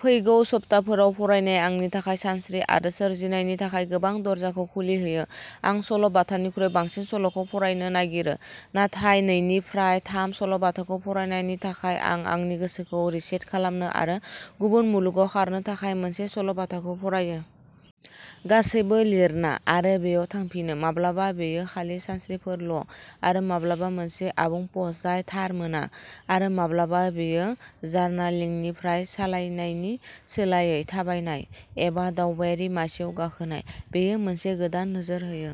फैगौ सप्ताफोराव फरायनाया आंनि थाखाय सानस्रि आरो सोरजिनायनि थाखाय गोबां दरजाखौ खुलि होयो। आं सल'-बाथानिख्रुइ बांसिन सल'खौ फरायनो नागिरो, नाथाय नैनिफ्राय थाम सल'बाथाखौ फरायनायनि थाखाय, आं आंनि गोसोखौ रिसेट खालामनो आरो गुबुन मुलुगाव खारनो थाखाय मोनसे सल'बाथाखौ फरायो। गासैबो लिरना, आरो बेयाव थांफिनो। माब्लाबा बेयो खालि सानस्रिफोरल', आरो माब्लाबा मोनसे आबुं पस्ट जाय थार मोना, आरो माब्लाबा बेयो जार्नालिंगनिफ्राय। सालायनायनि सोलायै थाबायनाय, एबा, दावबायारि मासिआव गाखोनाय। बेयो मोनसे गोदान नोजोर होयो।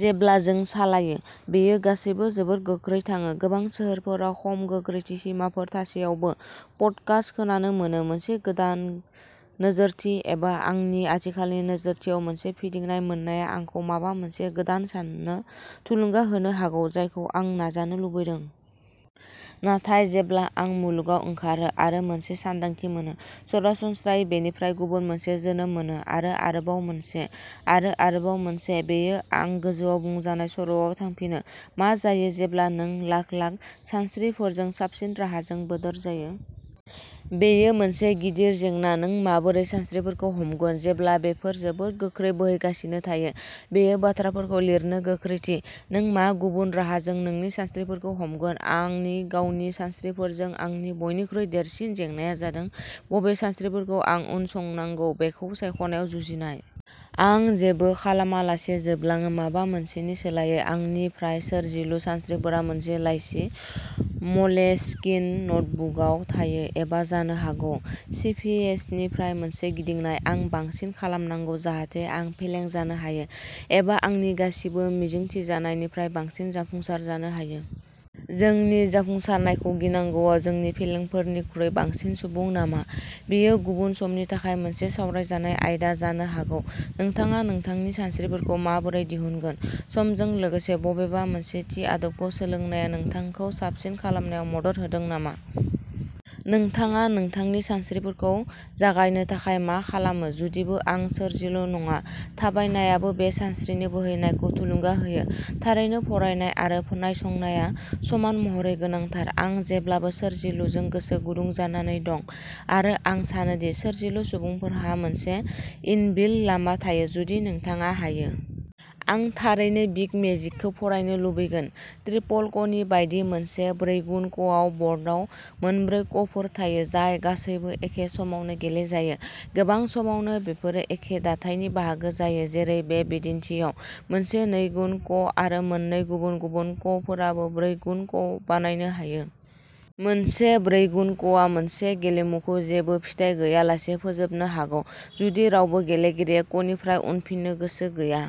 जेब्ला जों सालायो, बेयो गासैबो जोबोद गोख्रै थाङो, गोबां सोहोरफोराव खम गोख्रैथि सिमाफोर थासेयावबो पडकास्ट खोनानो मोनो। मोनसे गोदान नोजोरथि एबा आंनि आथिखालनि नोजोरथियाव मोनसे फिदिंनाय मोननाया आंखौ माबा मोनसे गोदान साननो थुलुंगा होनो हागौ जायखौ आं नाजानो लुबैदों। नाथाय जेब्ला आं मुलुगाव ओंखारो, आरो मोनसे सानदांथि मोनो, सरासनस्रायै बेनिफ्राय गुबुन मोनसे जोनोम मोनो। आरो आरोबाव मोनसे। आरो आरोबाव मोनसे बेयो आं गोजौआव बुंजानाय सर'आव थांफिनो मा जायो जेब्ला नों लाख-लाख सानस्रिफोरजों साबसिन राहाजों बोदोर जायो? बेयो मोनसे गिदिर जेंना नों माबोरै सानस्रिफोरखौ हमगोन जेब्ला बेफोर जोबोद गोख्रै बोहैगासिनो थायो? बेयो बाथ्राफोरखौ लिरनो गोख्रैथि। नों मा गुबुन राहाजों नोंनि सानस्रिफोरखौ हमगोन? आंनि गावनि सानस्रिफोरजों आंनि बयनिख्रुइ देरसिन जेंनाया जादों बबे सानस्रिफोरखौ आं उनसंनांगौ बेखौ सायख'नायाव जुजिनाय। आं जेबो खालामालासे जोबलाङो, माबा मोनसेनि सोलायै। आंनि फ्राय सोरजिलु सानस्रिफोरा मोनसे लाइसि म'लेस्किन नटबुकआव थायो, एबा जानो हागौ सिभिएसनिफ्राय मोनसे गिदिंनाय। आं बांसिन खालामनांगौ जाहाथे आं फेलें जानो हायो, एबा आंनि गासिबो मिजिंथिजानायनिफ्राय बांसिन जाफुंसार जानो हायो। जोंनि जाफुंसारनायखौ गिनांगौआ जोंनि फेलेंफोरनिख्रुइ बांसिन सुबुं नामा? बेयो गुबुन समनि थाखाय मोनसे सावरायजानाय आयदा जानो हागौ नोंथाङा नोंथांनि सानस्रिफोरखौ माबोरै दिहुनगोन? समजों लोगोसे बबेबा मोनसे थि आदबखौ सोलोंनाया नोंथांखौ साबसिन खालामनायाव मदद होदों नामा? नोंथाङा नोंथांनि सानस्रिफोरखौ जागायनो थाखाय मा खालामो? जुदिबो आं सोरजिलु नङा थाबायनायाबो बे सानस्रिनि बोहैनायखौ थुलुंगा होयो। थारैनो, फरायनाय आरो नायसंनाया समान महरै गोनांथार। आं जेब्लाबो सोरजिलुजों गोसो गुदुं जानानै दं आरो आं सानो दि सोरजिलु सुबुंफोरहा मोनसे इनबिल्ट लामा थायो जुदि नोंथाङा हायो। आं थारैनो बिग मेजिकखौ फरायनो लुबैगोन। ट्रिपल क'नि बायदि, मोनसे ब्रैगुन क'आव बर्डआव मोनब्रै क'फोर थायो जाय गासैबो एखे समावनो गेलेजायो। गोबां समावनो बेफोरो एखे दाथायनि बाहागो जायो, जेरै बे बिदिन्थिआव। मोनसे नैगुन क'आरो मोननै गुबुन-गुबुन क'फोराबो ब्रैगुन क'बानायनो हायो। मोनसे ब्रैगुन क'आ मोनसे गेलेमुखौ जेबो फिथाय गैयालासे फोजोबनो हागौ जुदि रावबो गेलेगिरिया क'निफ्राय उनफिननो गोसो गैया।